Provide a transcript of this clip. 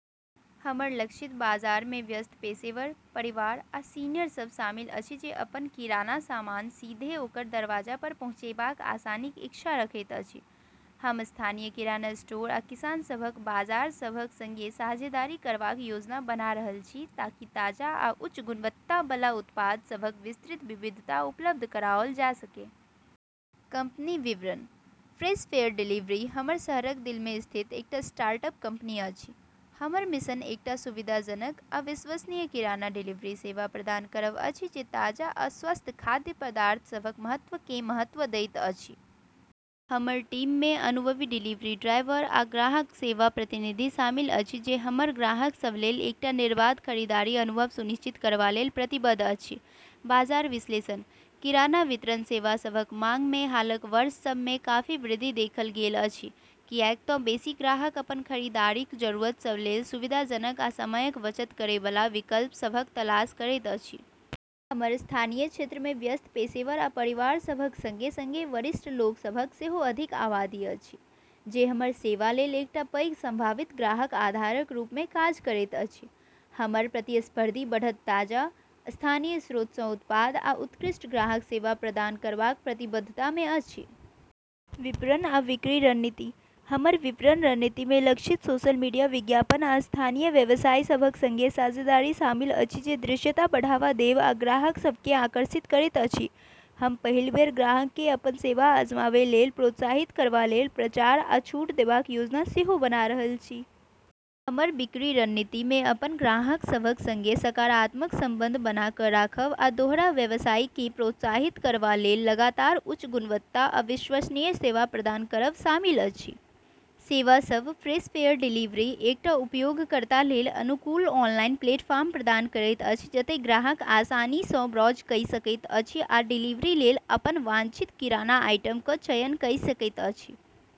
हमर लक्षित बाजार मे व्यस्त पेशेवर, परिवार, आ सीनियर सभ शामिल अछि जे अपन किराना सामान सीधे ओकर दरवाजा पर पहुँचैबाक आसानीक इच्छा रखैत अछि। हम स्थानीय किराना स्टोर आ किसान सभक बाजार सभक संगे साझेदारी करबाक योजना बना रहल छी ताकि ताजा आ उच्च गुणवत्ता बला उत्पाद सभक विस्तृत विविधता उपलब्ध कराओल जा सकए। कंपनी विवरण: फ्रेश फेयर डिलीवरी हमर शहरक दिल मे स्थित एकटा स्टार्टअप कंपनी अछि। हमर मिशन एकटा सुविधाजनक आ विश्वसनीय किराना डिलीवरी सेवा प्रदान करब अछि जे ताजा आ स्वस्थ खाद्य पदार्थ सभक महत्व केँ महत्व दैत अछि। हमर टीम मे अनुभवी डिलीवरी ड्राइवर आ ग्राहक सेवा प्रतिनिधि शामिल अछि जे हमर ग्राहक सभ लेल एकटा निर्बाध खरीदारी अनुभव सुनिश्चित करबा लेल प्रतिबद्ध अछि। बाजार विश्लेषण: किराना वितरण सेवा सभक मांग मे हालक वर्ष सभ मे काफी वृद्धि देखल गेल अछि, कियाक तँ बेसी ग्राहक अपन खरीदारीक जरूरत सभ लेल सुविधाजनक आ समयक बचत करै बला विकल्प सभक तलाश करैत अछि। हमर स्थानीय क्षेत्र मे व्यस्त पेशेवर आ परिवार सभक संगे-संगे वरिष्ठ लोक सभक सेहो अधिक आबादी अछि, जे हमर सेवा लेल एकटा पैघ संभावित ग्राहक आधारक रूप मे काज करैत अछि। हमर प्रतिस्पर्धी बढ़त ताजा, स्थानीय स्रोत सँ उत्पाद आ उत्कृष्ट ग्राहक सेवा प्रदान करबाक प्रतिबद्धता मे अछि। विपणन आ बिक्री रणनीति: हमर विपणन रणनीति मे लक्षित सोशल मीडिया विज्ञापन आ स्थानीय व्यवसाय सभक संगे साझेदारी शामिल अछि जे दृश्यता बढ़ावा देब आ ग्राहक सभ केँ आकर्षित करैत अछि। हम पहिल बेर ग्राहक केँ अपन सेवा आजमाबए लेल प्रोत्साहित करबा लेल प्रचार आ छूट देबाक योजना सेहो बना रहल छी। हमर बिक्री रणनीति मे अपन ग्राहक सभक संगे सकारात्मक संबंध बना कऽ रखब आ दोहरा व्यवसाय केँ प्रोत्साहित करबा लेल लगातार उच्च गुणवत्ता आ विश्वसनीय सेवा प्रदान करब शामिल अछि। सेवा सभ: फ्रेश फेयर डिलीवरी एकटा उपयोगकर्ता लेल अनुकूल ऑनलाइन प्लेटफॉर्म प्रदान करैत अछि जतए ग्राहक आसानी सँ ब्राउज़ कइ सकैत अछि आ डिलीवरी लेल अपन वांछित किराना आइटम क चयन कइ सकैत अछि।